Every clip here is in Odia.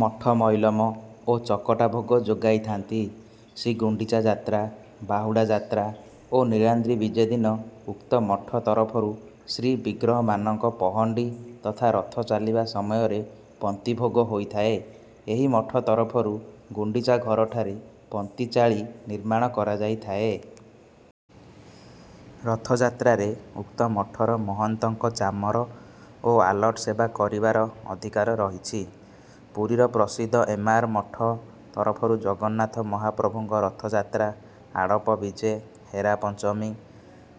ମଠ ମଇଲମ ଓ ଚକଟା ଭୋଗ ଯୋଗାଇଥାନ୍ତି। ଶ୍ରୀଗୁଣ୍ଡିଚା ଯାତ୍ରା, ବାହୁଡ଼ା ଯାତ୍ରା ଓ ନୀଳାଦ୍ରି ବିଜେ ଦିନ ଉକ୍ତ ମଠ ତରଫରୁ ଶ୍ରୀବିଗ୍ରହମାନଙ୍କ ପହଣ୍ଡି ତଥା ରଥ ଚାଲିବା ସମୟରେ ପନ୍ତି ଭୋଗ ହୋଇଥାଏ। ଏହି ମଠ ତରଫରୁ ଗୁଣ୍ଡିଚା ଘରଠାରେ ପନ୍ତି ଚାଳି ନିର୍ମାଣ କରାଯାଇଥାଏ। ରଥଯାତ୍ରାରେ ଉକ୍ତ ମଠର ମହନ୍ତଙ୍କ ଚାମର ଓ ଆଲଟ ସେବା କରିବାର ଅଧିକାର ରହିଛି। ପୁରୀର ପ୍ରସିଦ୍ଧ ଏମାର ମଠ ତରଫରୁ ଜଗନ୍ନାଥ ମହାପ୍ରଭୁଙ୍କ ରଥଯାତ୍ରା, ଆଡ଼ପ ବିଜେ, ହେରା ପଞ୍ଚମୀ,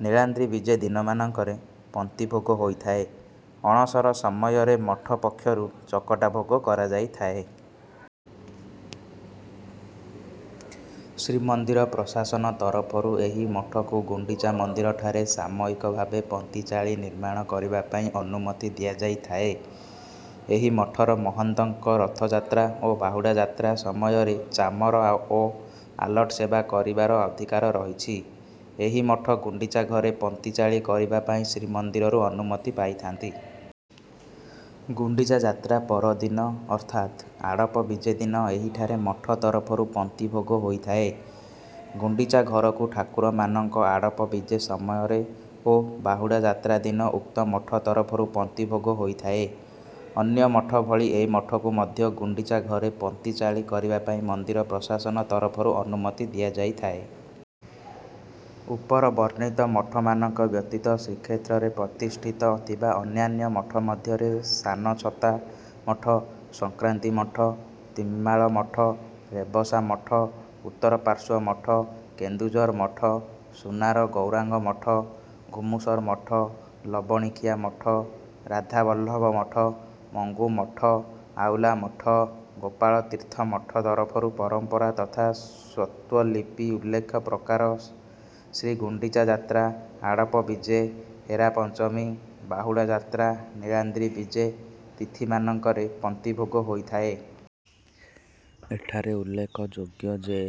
ନୀଳାଦ୍ରି ବିଜେ ଦିନମାନଙ୍କରେ ପନ୍ତି ଭୋଗ ହୋଇଥାଏ। ଅଣସର ସମୟରେ ମଠ ପକ୍ଷରୁ ଚକଟା ଭୋଗ କରାଯାଇଥାଏ। ଶ୍ରୀମନ୍ଦିର ପ୍ରଶାସନ ତରଫରୁ ଏହି ମଠକୁ ଗୁଣ୍ଡିଚା ମନ୍ଦିରଠାରେ ସାମୟିକ ଭାବେ ପନ୍ତି ଚାଳି ନିର୍ମାଣ କରିବା ପାଇଁ ଅନୁମତି ଦିଆଯାଇଥାଏ। ଏହି ମଠର ମହନ୍ତଙ୍କ ରଥଯାତ୍ରା ଓ ବାହୁଡ଼ା ଯାତ୍ରା ସମୟରେ ଚାମର ଓ ଆଲଟ ସେବା କରିବାର ଅଧିକାର ରହିଛି। ଏହି ମଠ ଗୁଣ୍ଡିଚା ଘରେ ପନ୍ତି ଚାଳି କରିବା ପାଇଁ ଶ୍ରୀମନ୍ଦିରରୁ ଅନୁମତି ପାଇଥାନ୍ତି। ଗୁଣ୍ଡିଚା ଯାତ୍ରା ପରଦିନ ଅର୍ଥାତ ଆଡ଼ପ ବିଜେ ଦିନ ଏହିଠାରେ ମଠ ତରଫରୁ ପନ୍ତି ଭୋଗ ହୋଇଥାଏ। ଗୁଣ୍ଡିଚା ଘରକୁ ଠାକୁରମାନଙ୍କ ଆଡ଼ପ ବିଜେ ସମୟରେ ଓ ବାହୁଡ଼ା ଯାତ୍ରା ଦିନ ଉକ୍ତ ମଠ ତରଫରୁ ପନ୍ତି ଭୋଗ ହୋଇଥାଏ। ଅନ୍ୟ ମଠ ଭଳି ଏ ମଠକୁ ମଧ୍ୟ ଗୁଣ୍ଡିଚା ଘରେ ପନ୍ତି ଚାଳି କରିବା ପାଇଁ ମନ୍ଦିର ପ୍ରଶାସନ ତରଫରୁ ଅନୁମତି ଦିଆଯାଇଥାଏ। ଉପରବର୍ଣ୍ଣିତ ମଠମାନଙ୍କ ବ୍ୟତୀତ ଶ୍ରୀକ୍ଷେତ୍ରରେ ପ୍ରତିଷ୍ଠିତ ଥିବା ଅନ୍ୟାନ୍ୟ ମଠ ମଧ୍ୟରେ ସାନଛତା ମଠ, ସଂକ୍ରାନ୍ତି ମଠ, ତ୍ରିମାଳ ମଠ, ରେବସା ମଠ, ଉତ୍ତରପାର୍ଶ୍ୱ ମଠ, କେନ୍ଦୁଝର ମଠ, ସୁନାର ଗୌରାଙ୍ଗ ମଠ, ଘୁମୁସର ମଠ, ଲବଣିଖିଆ ମଠ, ରାଧାବଲ୍ଲଭ ମଠ, ମଙ୍ଗୁ ମଠ, ଆଉଲା ମଠ, ଗୋପାଳ ତୀର୍ଥ ମଠ ତରଫରୁ ପରମ୍ପରା ତଥା ସ୍ୱତ୍ତ୍ୱଲିପି ଉଲ୍ଲେଖ ପ୍ରକାରେ ଶ୍ରୀଗୁଣ୍ଡିଚା ଯାତ୍ରା, ଆଡ଼ପ ବିଜେ, ହେରା ପଞ୍ଚମୀ, ବାହୁଡ଼ା ଯାତ୍ରା, ନୀଳାଦ୍ରି ବିଜେ ତିଥିମାନଙ୍କରେ ପନ୍ତି ଭୋଗ ହୋଇଥାଏ। ଏଠାରେ ଉଲ୍ଲେଖଯୋଗ୍ୟ ଯେ,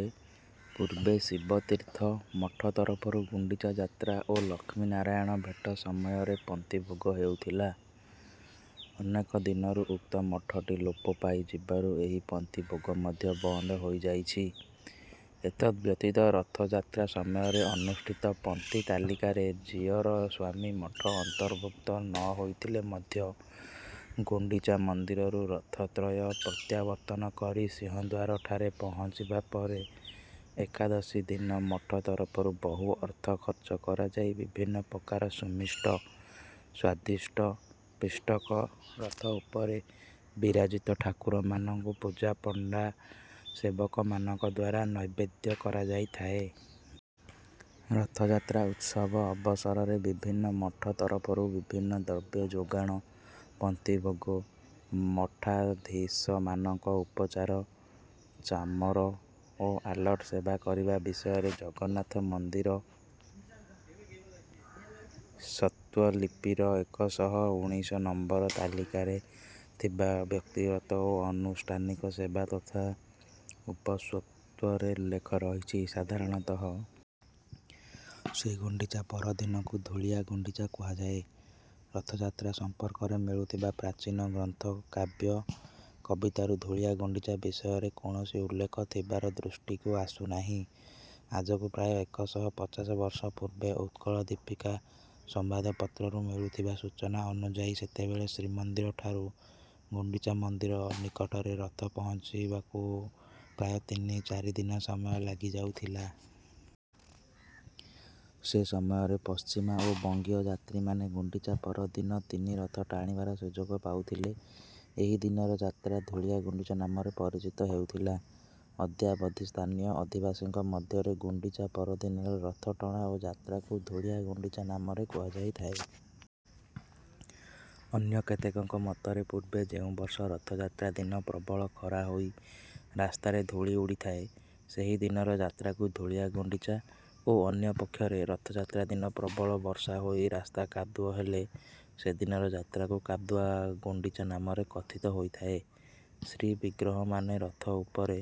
ପୂର୍ବେ ଶିବତୀର୍ଥ ମଠ ତରଫରୁ ଗୁଣ୍ଡିଚା ଯାତ୍ରା ଓ ଲକ୍ଷ୍ମୀନାରାୟଣ ଭେଟ ସମୟରେ ପନ୍ତି ଭୋଗ ହେଉଥିଲା। ଅନେକ ଦିନରୁ ଉକ୍ତ ମଠଟି ଲୋପ ପାଇଯିବାରୁ ଏହି ପନ୍ତି ଭୋଗ ମଧ୍ୟ ବନ୍ଦ ହୋଇଯାଇଛି। ଏତଦ୍ ବ୍ୟତୀତ ରଥଯାତ୍ରା ସମୟରେ ଅନୁଷ୍ଠିତ ପନ୍ତି ତାଲିକାରେ ଜିୟର ସ୍ୱାମୀ ମଠ ଅନ୍ତର୍ଭୁକ୍ତ ନ ହୋଇଥିଲେ ମଧ୍ୟ ଗୁଣ୍ଡିଚା ମନ୍ଦିରରୁ ରଥତ୍ରୟ ପ୍ରତ୍ୟାବର୍ତ୍ତନ କରି ସିଂହଦ୍ୱାରଠାରେ ପହଞ୍ଚିବା ପରେ ଏକାଦଶୀ ଦିନ ମଠ ତରଫରୁ ବହୁ ଅର୍ଥ ଖର୍ଚ୍ଚ କରାଯାଇ ବିଭିନ୍ନ ପ୍ରକାରର ସୁମିଷ୍ଟ, ସ୍ୱାଦିଷ୍ଟ ପିଷ୍ଟକ ରଥ ଉପରେ ବିରାଜିତ ଠାକୁରମାନଙ୍କୁ ପୂଜାପଣ୍ଡା ସେବକମାନଙ୍କ ଦ୍ୱାରା ନୈବେଦ୍ୟ କରାଯାଇଥାଏ। ରଥଯାତ୍ରା ଉତ୍ସବ ଅବସରରେ ବିଭିନ୍ନ ମଠ ତରଫରୁ ବିଭିନ୍ନ ଦ୍ରବ୍ୟ ଯୋଗାଣ, ପନ୍ତି ଭୋଗ, ମଠାଧୀଶମାନଙ୍କ ଉପଚାର, ଚାମର ଓ ଆଲଟ ସେବା କରିବା ବିଷୟ ଜଗନ୍ନାଥ ମନ୍ଦିର ସ୍ୱତ୍ତ୍ୱଲିପିର ଏକ ଶହ ଉଣିଷ ନମ୍ବର ତାଲିକାରେ ଥିବା ବ୍ୟକ୍ତିଗତ ଓ ଅନୁଷ୍ଠାନିକ ସେବା ତଥା ଉପସ୍ୱତ୍ତ୍ୱରେ ଉଲ୍ଲେଖ ରହିଛି। ସାଧାରଣତଃ ଶ୍ରୀଗୁଣ୍ଡିଚା ପର ଦିନକୁ ଧୂଳିଆ ଗୁଣ୍ଡିଚା କୁହାଯାଏ। ରଥଯାତ୍ରା ସମ୍ପର୍କରେ ମିଳୁଥିବା ପ୍ରାଚୀନ ଗ୍ରନ୍ଥ, କାବ୍ୟ, କବିତାରୁ ଧୂଳିଆ ଗୁଣ୍ଡିଚା ବିଷୟରେ କୌଣସି ଉଲ୍ଲେଖ ଥିବାର ଦୃଷ୍ଟିକୁ ଆସୁନାହିଁ। ଆଜକୁ ପ୍ରାୟ ଏକ ଶହ ପଚାଶ ବର୍ଷ ପୂର୍ବେ 'ଉତ୍କଳ ଦୀପିକା' ସମ୍ବାଦପତ୍ରରୁ ମିଳୁଥିବା ସୂଚନା ଅନୁଯାୟୀ ସେତେବେଳେ ଶ୍ରୀମନ୍ଦିରଠାରୁ ଗୁଣ୍ଡିଚା ମନ୍ଦିର ନିକଟରେ ରଥ ପହଞ୍ଚିବାକୁ ପ୍ରାୟ ତିନି ଚାରି ଦିନ ସମୟ ଲାଗି ଯାଉଥିଲା। ସେ ସମୟରେ ପଶ୍ଚିମା ଓ ବଙ୍ଗୀୟ ଯାତ୍ରୀମାନେ ଗୁଣ୍ଡିଚା ପର ଦିନ ତିନି ରଥ ଟାଣିବାର ସୁଯୋଗ ପାଉଥିଲେ। ଏହି ଦିନର ଯାତ୍ରା ଧୂଳିଆ ଗୁଣ୍ଡିଚା ନାମରେ ପରିଚିତ ହେଉଥିଲା। ଅଦ୍ୟାବଧି ସ୍ଥାନୀୟ ଅଧିବାସୀଙ୍କ ମଧ୍ୟରେ ଗୁଣ୍ଡିଚା ପର ଦିନର ରଥଟଣା ଓ ଯାତ୍ରାକୁ ଧୂଳିଆ ଗୁଣ୍ଡିଚା ନାମରେ କୁହାଯାଇଥାଏ। ଅନ୍ୟ କେତେକଙ୍କ ମତରେ ପୂର୍ବେ ଯେଉଁ ବର୍ଷ ରଥଯାତ୍ରା ଦିନ ପ୍ରବଳ ଖରା ହୋଇ ରାସ୍ତାରେ ଧୂଳି ଉଡ଼ିଥାଏ, ସେହି ଦିନର ଯାତ୍ରାକୁ ଧୂଳିଆ ଗୁଣ୍ଡିଚା ଓ ଅନ୍ୟ ପକ୍ଷରେ ରଥଯାତ୍ରା ଦିନ ପ୍ରବଳ ବର୍ଷା ହୋଇ ରାସ୍ତା କାଦୁଅ ହେଲେ ସେଦିନର ଯାତ୍ରାକୁ କାଦୁଆ ଗୁଣ୍ଡିଚା ନାମରେ କଥିତ ହୋଇଥାଏ। ଶ୍ରୀବିଗ୍ରହମାନେ ରଥ ଉପରେ...